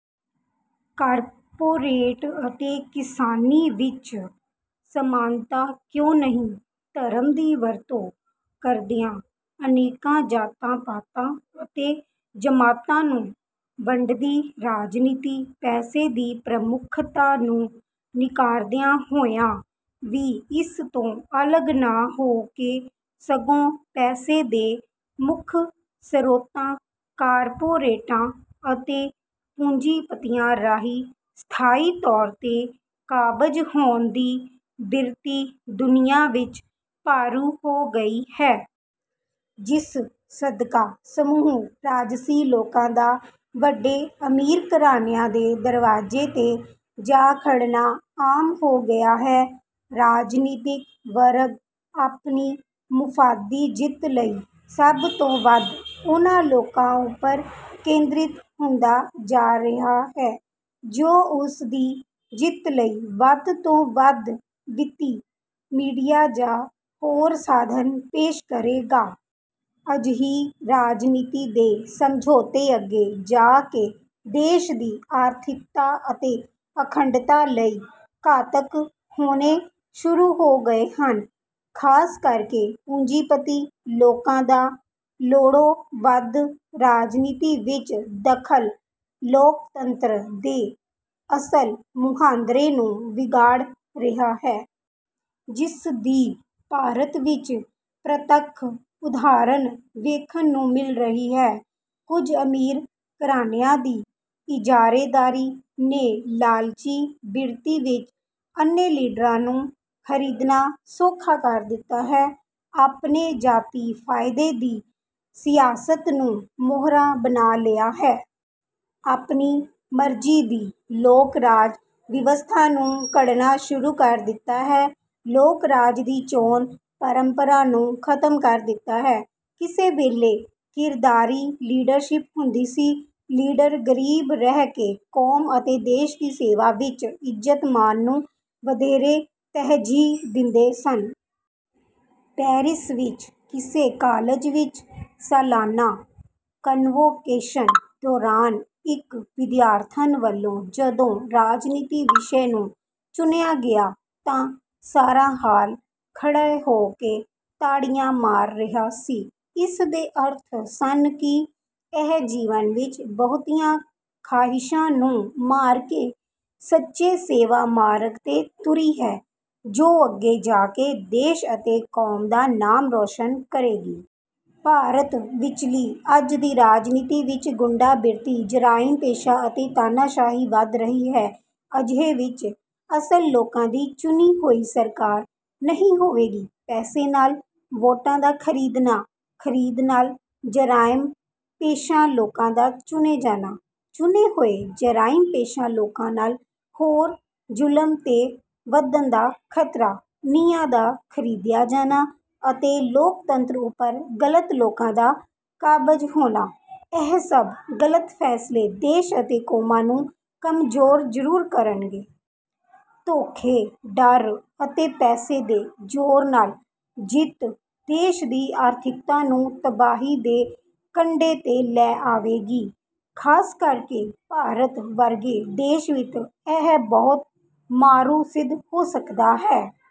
Corporate ਅਤੇ ਕਿਸਾਨੀ ਵਿੱਚ ਸਮਾਨਤਾ ਕਿਉਂ ਨਹੀਂ? ਧਰਮ ਦੀ ਵਰਤੋਂ ਕਰਦਿਆਂ ਅਨੇਕਾਂ ਜਾਤਾਂ, ਪਾਤਾਂ ਅਤੇ ਜ਼ਮਾਤਾਂ ਨੂੰ ਵੰਡਦੀ ਰਾਜਨੀਤੀ, ਪੈਸੇ ਦੀ ਪ੍ਰਮੁੱਖਤਾ ਨੂੰ ਨਿਕਾਰਦਿਆਂ ਹੋਇਆਂ ਵੀ ਇਸ ਤੋਂ ਅਲੱਗ ਨਾ ਹੋ ਕੇ ਸਗੋਂ ਪੈਸੇ ਦੇ ਮੁੱਖ ਸਰੋਤਾਂ, ਕਾਰਪੋਰੇਟਾਂ ਅਤੇ ਪੂੰਜੀਪਤੀਆਂ ਰਾਹੀਂ ਸਥਾਈ ਤੌਰ 'ਤੇ ਕਾਬਜ਼ ਹੋਣ ਦੀ ਬਿਰਤੀ ਦੁਨੀਆ ਵਿੱਚ ਭਾਰੂ ਹੋ ਗਈ ਹੈ। ਜਿਸ ਸਦਕਾ ਸਮੂਹ ਰਾਜਸੀ ਲੋਕਾਂ ਦਾ ਵੱਡੇ ਅਮੀਰ ਘਰਾਣਿਆਂ ਦੇ ਦਰਵਾਜ਼ੇ 'ਤੇ ਜਾ ਖੜ੍ਹਨਾ ਆਮ ਹੋ ਗਿਆ ਹੈ। ਰਾਜਨੀਤਿਕ ਵਰਗ ਆਪਣੀ ਮੁਫ਼ਾਦੀ ਜਿੱਤ ਲਈ ਸਭ ਤੋਂ ਵੱਧ ਉਹਨਾਂ ਲੋਕਾਂ ਉੱਪਰ ਕੇਂਦਰਿਤ ਹੁੰਦਾ ਜਾ ਰਿਹਾ ਹੈ, ਜੋ ਉਸ ਦੀ ਜਿੱਤ ਲਈ ਵੱਧ ਤੋਂ ਵੱਧ ਵਿੱਤੀ, ਮੀਡੀਆ ਜਾਂ ਹੋਰ ਸਾਧਨ ਪੇਸ਼ ਕਰੇਗਾ। ਅਜਿਹੀ ਰਾਜਨੀਤੀ ਦੇ ਸਮਝੌਤੇ ਅੱਗੇ ਜਾ ਕੇ ਦੇਸ਼ ਦੀ ਆਰਥਿਕਤਾ ਅਤੇ ਅਖੰਡਤਾ ਲਈ ਘਾਤਕ ਹੋਣੇ ਸ਼ੁਰੂ ਹੋ ਗਏ ਹਨ। ਖ਼ਾਸ ਕਰਕੇ ਪੂੰਜੀਪਤੀ ਲੋਕਾਂ ਦਾ ਲੋੜੋਂ ਵੱਧ ਰਾਜਨੀਤੀ ਵਿੱਚ ਦਖ਼ਲ ਲੋਕਤੰਤਰ ਦੇ ਅਸਲ ਮੁਹਾਂਦਰੇ ਨੂੰ ਵਿਗਾੜ ਰਿਹਾ ਹੈ। ਜਿਸ ਦੀ ਭਾਰਤ ਵਿੱਚ ਪ੍ਰਤੱਖ ਉਦਾਹਰਨ ਵੇਖਣ ਨੂੰ ਮਿਲ ਰਹੀ ਹੈ। ਕੁਝ ਅਮੀਰ ਘਰਾਣਿਆਂ ਦੀ ਇਜਾਰੇਦਾਰੀ ਨੇ ਲਾਲਚੀ ਬਿਰਤੀ ਵਿੱਚ ਅੰਨ੍ਹੇ ਲੀਡਰਾਂ ਨੂੰ ਖਰੀਦਣਾ ਸੌਖਾ ਕਰ ਦਿੱਤਾ ਹੈ। ਆਪਣੇ ਜਾਤੀ ਫ਼ਾਇਦੇ ਦੀ ਸਿਆਸਤ ਨੂੰ ਮੋਹਰਾ ਬਣਾ ਲਿਆ ਹੈ। ਆਪਣੀ ਮਰਜ਼ੀ ਦੀ ਲੋਕਰਾਜ ਵਿਵਸਥਾ ਨੂੰ ਘੜਨਾ ਸ਼ੁਰੂ ਕਰ ਦਿੱਤਾ ਹੈ। ਲੋਕ-ਰਾਜ ਦੀ ਚੋਣ ਪ੍ਰੰਪਰਾ ਨੂੰ ਖ਼ਤਮ ਕਰ ਦਿੱਤਾ ਹੈ। ਕਿਸੇ ਵੇਲੇ ਕਿਰਦਾਰੀ ਲੀਡਰਸ਼ਿਪ ਹੁੰਦੀ ਸੀ। ਲੀਡਰ ਗਰੀਬ ਰਹਿ ਕੇ ਕੌਮ ਅਤੇ ਦੇਸ਼ ਦੀ ਸੇਵਾ ਵਿੱਚ ਇੱਜ਼ਤ-ਮਾਣ ਨੂੰ ਵਧੇਰੇ ਤਰਜੀਹ ਦਿੰਦੇ ਸਨ। ਪੈਰਿਸ ਵਿੱਚ ਕਿਸੇ ਕਾਲਜ ਵਿੱਚ ਸਾਲਾਨਾ ਕਨਵੋਕੇਸ਼ਨ ਦੌਰਾਨ ਇੱਕ ਵਿਦਿਆਰਥਣ ਵੱਲੋਂ ਜਦੋਂ ਰਾਜਨੀਤੀ ਵਿਸ਼ੇ ਨੂੰ ਚੁਣਿਆ ਗਿਆ ਤਾਂ ਸਾਰਾ ਹਾਲ ਖੜ੍ਹੇ ਹੋ ਕੇ ਤਾੜੀਆਂ ਮਾਰ ਰਿਹਾ ਸੀ। ਇਸ ਦੇ ਅਰਥ ਸਨ ਕਿ ਇਹ ਜੀਵਨ ਵਿੱਚ ਬਹੁਤੀਆਂ ਖ਼ਾਹਿਸ਼ਾਂ ਨੂੰ ਮਾਰ ਕੇ ਸੱਚੇ ਸੇਵਾ ਮਾਰਗ 'ਤੇ ਤੁਰੀ ਹੈ, ਜੋ ਅੱਗੇ ਜਾ ਕੇ ਦੇਸ਼ ਅਤੇ ਕੌਮ ਦਾ ਨਾਮ ਰੌਸ਼ਨ ਕਰੇਗੀ। ਭਾਰਤ ਵਿਚਲੀ ਅੱਜ ਦੀ ਰਾਜਨੀਤੀ ਵਿੱਚ ਗੁੰਡਾ ਬਿਰਤੀ, ਜ਼ਰਾਇਮ-ਪੇਸ਼ਾ ਅਤੇ ਤਾਨਾਸ਼ਾਹੀ ਵੱਧ ਰਹੀ ਹੈ। ਅਜਿਹੇ ਵਿੱਚ ਅਸਲ ਲੋਕਾਂ ਦੀ ਚੁਣੀ ਹੋਈ ਸਰਕਾਰ ਨਹੀਂ ਹੋਵੇਗੀ। ਪੈਸੇ ਨਾਲ ਵੋਟਾਂ ਦਾ ਖਰੀਦਣਾ, ਖਰੀਦ ਨਾਲ ਜ਼ਰਾਇਮ-ਪੇਸ਼ਾ ਲੋਕਾਂ ਦਾ ਚੁਣੇ ਜਾਣਾ, ਚੁਣੇ ਹੋਏ ਜ਼ਰਾਇਮ-ਪੇਸ਼ਾ ਲੋਕਾਂ ਨਾਲ ਹੋਰ ਜ਼ੁਲਮ ਦੇ ਵੱਧਣ ਦਾ ਖ਼ਤਰਾ, ਨਿਆਂ ਦਾ ਖਰੀਦਿਆ ਜਾਣਾ ਅਤੇ ਲੋਕਤੰਤਰ ਉੱਪਰ ਗਲਤ ਲੋਕਾਂ ਦਾ ਕਾਬਜ਼ ਹੋਣਾ, ਇਹ ਸਭ ਗਲਤ ਫ਼ੈਸਲੇ ਦੇਸ਼ ਅਤੇ ਕੌਮਾਂ ਨੂੰ ਕਮਜ਼ੋਰ ਜ਼ਰੂਰ ਕਰਨਗੇ। ਧੋਖੇ, ਡਰ ਅਤੇ ਪੈਸੇ ਦੇ ਜ਼ੋਰ ਨਾਲ ਜਿੱਤ ਦੇਸ਼ ਦੀ ਆਰਥਿਕਤਾ ਨੂੰ ਤਬਾਹੀ ਦੇ ਕੰਢੇ 'ਤੇ ਲੈ ਆਵੇਗੀ। ਖ਼ਾਸ ਕਰਕੇ ਭਾਰਤ ਵਰਗੇ ਦੇਸ਼ ਵਿੱਚ ਇਹ ਬਹੁਤ ਮਾਰੂ ਸਿੱਧ ਹੋ ਸਕਦਾ ਹੈ।